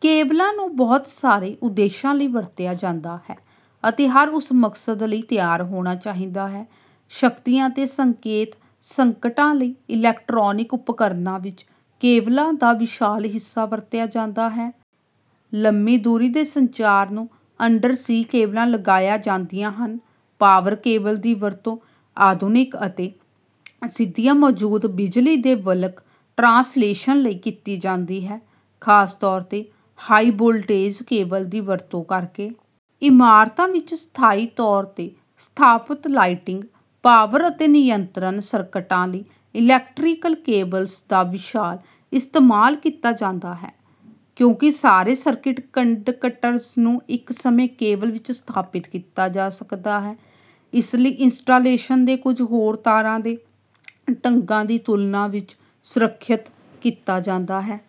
ਕੇਬਲਾਂ ਨੂੰ ਬਹੁਤ ਸਾਰੇ ਉਦੇਸ਼ਾਂ ਲਈ ਵਰਤਿਆ ਜਾਂਦਾ ਹੈ, ਅਤੇ ਹਰ ਉਸ ਮਕਸਦ ਲਈ ਤਿਆਰ ਹੋਣਾ ਚਾਹੀਦਾ ਹੈ। ਸ਼ਕਤੀਆਂ ਅਤੇ ਸੰਕੇਤ ਸੰਕਟਾਂ ਲਈ ਇਲੈਕਟ੍ਰੋਨਿਕ ਉਪਕਰਣਾਂ ਵਿੱਚ ਕੇਬਲਾਂ ਦਾ ਵਿਸ਼ਾਲ ਹਿੱਸਾ ਵਰਤਿਆ ਜਾਂਦਾ ਹੈ। ਲੰਮੀ ਦੂਰੀ ਦੇ ਸੰਚਾਰ ਨੂੰ ਅੰਡਰ ਸੀ ਕੇਬਲਾਂ ਲਗਾਇਆ ਜਾਂਦੀਆਂ ਹਨ। ਪਾਵਰ ਕੇਬਲ ਦੀ ਵਰਤੋਂ ਆਧੁਨਿਕ ਅਤੇ ਸਿੱਧੀਆਂ ਮੌਜੂਦਾ ਬਿਜਲੀ ਦੇ ਬਲਕ ਟ੍ਰਾਂਸਲੇਸ਼ਨ ਲਈ ਕੀਤੀ ਜਾਂਦੀ ਹੈ, ਖਾਸ ਤੌਰ ਤੇ ਹਾਈ-ਵੋਲਟੇਜ ਕੇਬਲ ਦੀ ਵਰਤੋਂ ਕਰਕੇ। ਇਮਾਰਤਾਂ ਵਿੱਚ ਸਥਾਈ ਤੌਰ ਤੇ ਸਥਾਪਤ ਲਾਈਟਿੰਗ, ਪਾਵਰ ਅਤੇ ਨਿਯੰਤਰਣ ਸਰਕਟਾਂ ਲਈ ਇਲੈਕਟ੍ਰੀਕਲ ਕੇਬਲਸ ਦਾ ਵਿਸ਼ਾਲ ਇਸਤੇਮਾਲ ਕੀਤਾ ਜਾਂਦਾ ਹੈ। ਕਿਉਂਕਿ ਸਾਰੇ ਸਰਕਿਟ ਕੰਡਕਟਰਜ਼ ਨੂੰ ਇੱਕ ਸਮੇਂ ਕੇਬਲ ਵਿੱਚ ਸਥਾਪਤ ਕੀਤਾ ਜਾ ਸਕਦਾ ਹੈ, ਇਸ ਲਈ ਇੰਸਟਾਲੇਸ਼ਨ ਦੇ ਕੁਝ ਹੋਰ ਤਾਰਾਂ ਦੇ ਢੰਗਾਂ ਦੀ ਤੁਲਨਾ ਵਿੱਚ ਸੁਰੱਖਿਅਤ ਕੀਤਾ ਜਾਂਦਾ ਹੈ।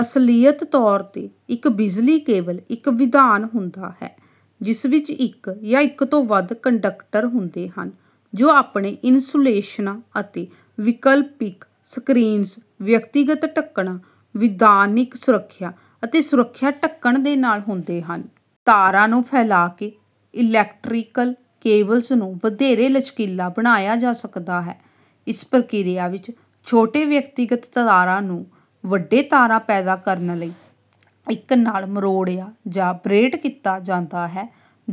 ਅਸਲੀਅਤ ਤੌਰ 'ਤੇ, ਇੱਕ ਬਿਜਲੀ ਕੇਬਲ ਇੱਕ ਵਿਧਾਨ ਹੁੰਦਾ ਹੈ ਜਿਸ ਵਿੱਚ ਇੱਕ ਜਾਂ ਇੱਕ ਤੋਂ ਵੱਧ ਕੰਡਕਟਰ ਹੁੰਦੇ ਹਨ ਜੋ ਆਪਣੇ ਇਨਸੂਲੇਸ਼ਨਾਂ ਅਤੇ ਵਿਕਲਪਿਕ ਸਕ੍ਰੀਨਸ, ਵਿਅਕਤੀਗਤ ਢੱਕਣਾਂ, ਵਿਧਾਨਿਕ ਸੁਰੱਖਿਆ ਅਤੇ ਸੁਰੱਖਿਆ ਢੱਕਣ ਦੇ ਨਾਲ ਹੁੰਦੇ ਹਨ। ਤਾਰਾਂ ਨੂੰ ਫੈਲਾ ਕੇ ਇਲੈਕਟ੍ਰੀਕਲ ਕੇਬਲਜ਼ ਨੂੰ ਵਧੇਰੇ ਲਚਕੀਲਾ ਬਣਾਇਆ ਜਾ ਸਕਦਾ ਹੈ। ਇਸ ਪ੍ਰਕ੍ਰਿਆ ਵਿੱਚ, ਛੋਟੇ ਵਿਅਕਤੀਗਤ ਤਾਰਾਂ ਨੂੰ ਵੱਡੇ ਤਾਰਾਂ ਪੈਦਾ ਕਰਨ ਲਈ ਇੱਕ ਨਾਲ ਮਰੋੜਿਆ ਜਾਂ ਬਰੇਟ ਕੀਤਾ ਜਾਂਦਾ ਹੈ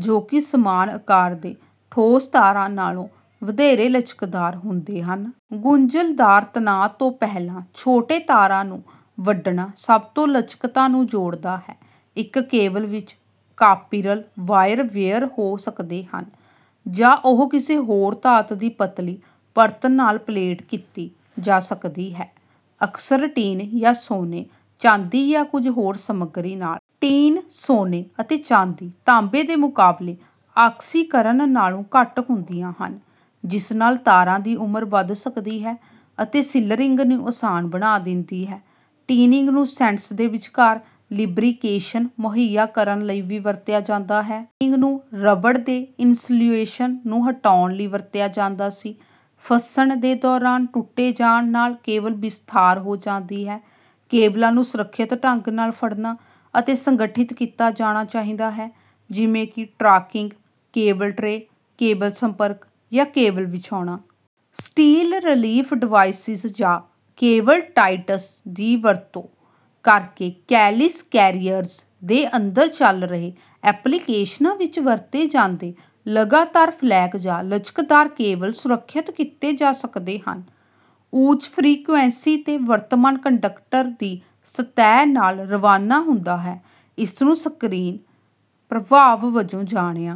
ਜੋ ਕਿ ਸਮਾਨ ਆਕਾਰ ਦੇ ਠੋਸ ਤਾਰਾਂ ਨਾਲੋਂ ਵਧੇਰੇ ਲਚਕਦਾਰ ਹੁੰਦੇ ਹਨ। ਗੁੰਝਲਦਾਰ ਤਣਾਅ ਤੋਂ ਪਹਿਲਾਂ ਛੋਟੇ ਤਾਰਾਂ ਨੂੰ ਵੱਢਣਾ ਸਭ ਤੋਂ ਲਚਕਤਾ ਨੂੰ ਜੋੜਦਾ ਹੈ। ਇੱਕ ਕੇਬਲ ਵਿੱਚ ਕਾਪੀਰਲ ਵਾਇਰ ਬੇਅਰ ਹੋ ਸਕਦੇ ਹਨ, ਜਾਂ ਉਹ ਕਿਸੇ ਹੋਰ ਧਾਤ ਦੀ ਪਤਲੀ ਪਰਤ ਨਾਲ ਪਲੇਟ ਕੀਤੀ ਜਾ ਸਕਦੀ ਹੈ, ਅਕਸਰ ਟੀਨ ਜਾਂ ਸੋਨੇ, ਚਾਂਦੀ ਜਾਂ ਕੁਝ ਹੋਰ ਸਮੱਗਰੀ ਨਾਲ। ਟੀਨ, ਸੋਨੇ ਅਤੇ ਚਾਂਦੀ ਤਾਂਬੇ ਦੇ ਮੁਕਾਬਲੇ ਆਕਸੀਕਰਨ ਨਾਲੋਂ ਘੱਟ ਹੁੰਦੀਆਂ ਹਨ, ਜਿਸ ਨਾਲ ਤਾਰਾਂ ਦੀ ਉਮਰ ਵਧ ਸਕਦੀ ਹੈ, ਅਤੇ ਸਿਲਰਿੰਗ ਨੂੰ ਆਸਾਨ ਬਣਾ ਦਿੰਦੀ ਹੈ। ਟਿਨਿੰਗ ਨੂੰ ਸੈਂਟਸ ਦੇ ਵਿਚਕਾਰ ਲਿਬਰਿਕੇਸ਼ਨ ਮੁਹੱਈਆ ਕਰਨ ਲਈ ਵੀ ਵਰਤਿਆ ਜਾਂਦਾ ਹੈ। ਟਿਨਿੰਗ ਨੂੰ ਰਬੜ ਦੇ ਇਨਸੂਲੇਸ਼ਨ ਨੂੰ ਹਟਾਉਣ ਲਈ ਵਰਤਿਆ ਜਾਂਦਾ ਸੀ। ਫੱਸਣ ਦੇ ਦੌਰਾਨ ਟੁੱਟੇ ਜਾਣ ਨਾਲ ਕੇਬਲ ਵਿਸਥਾਰ ਹੋ ਜਾਂਦੀ ਹੈ। ਕੇਬਲਾਂ ਨੂੰ ਸੁਰੱਖਿਅਤ ਢੰਗ ਨਾਲ ਫੜਨਾ ਅਤੇ ਸੰਗਠਿਤ ਕੀਤਾ ਜਾਣਾ ਚਾਹੀਦਾ ਹੈ, ਜਿਵੇਂ ਕਿ ਟਰੰਕਿੰਗ, ਕੇਬਲ ਟ੍ਰੇ, ਕੇਬਲ ਸੰਪਰਕ ਜਾਂ ਕੇਬਲ ਵਿਛਾਉਣਾ। ਸਟੈਿਲ ਰਿਲੀਫ ਡਿਵਾਈਸਿਸ ਜਾਂ ਕੇਬਲ ਟਾਇਟਸ ਦੀ ਵਰਤੋਂ ਕਰਕੇ ਕੈਲਸੀ ਕੈਰੀਅਰਜ਼ ਦੇ ਅੰਦਰ ਚੱਲ ਰਹੇ ਐਪਲੀਕੇਸ਼ਨਾਂ ਵਿਚ ਵਰਤੇ ਜਾਂਦੇ ਲਗਾਤਾਰ-ਫਲੈਕ ਜਾਂ ਲਚਕਦਾਰ ਕੇਬਲ ਸੁਰੱਖਿਅਤ ਕੀਤੇ ਜਾ ਸਕਦੇ ਹਨ। ਉੱਚ ਫ੍ਰੀਕੁਏਂਸੀ ਤੇ, ਵਰਤਮਾਨ ਕੰਡਕਟਰ ਦੀ ਸਤਹ ਦੇ ਨਾਲ ਰਵਾਨਾ ਹੁੰਦਾ ਹੈ। ਇਸ ਨੂੰ ਸਕਿਨ ਪ੍ਰਭਾਵ ਵਜੋਂ ਜਾਣਿਆ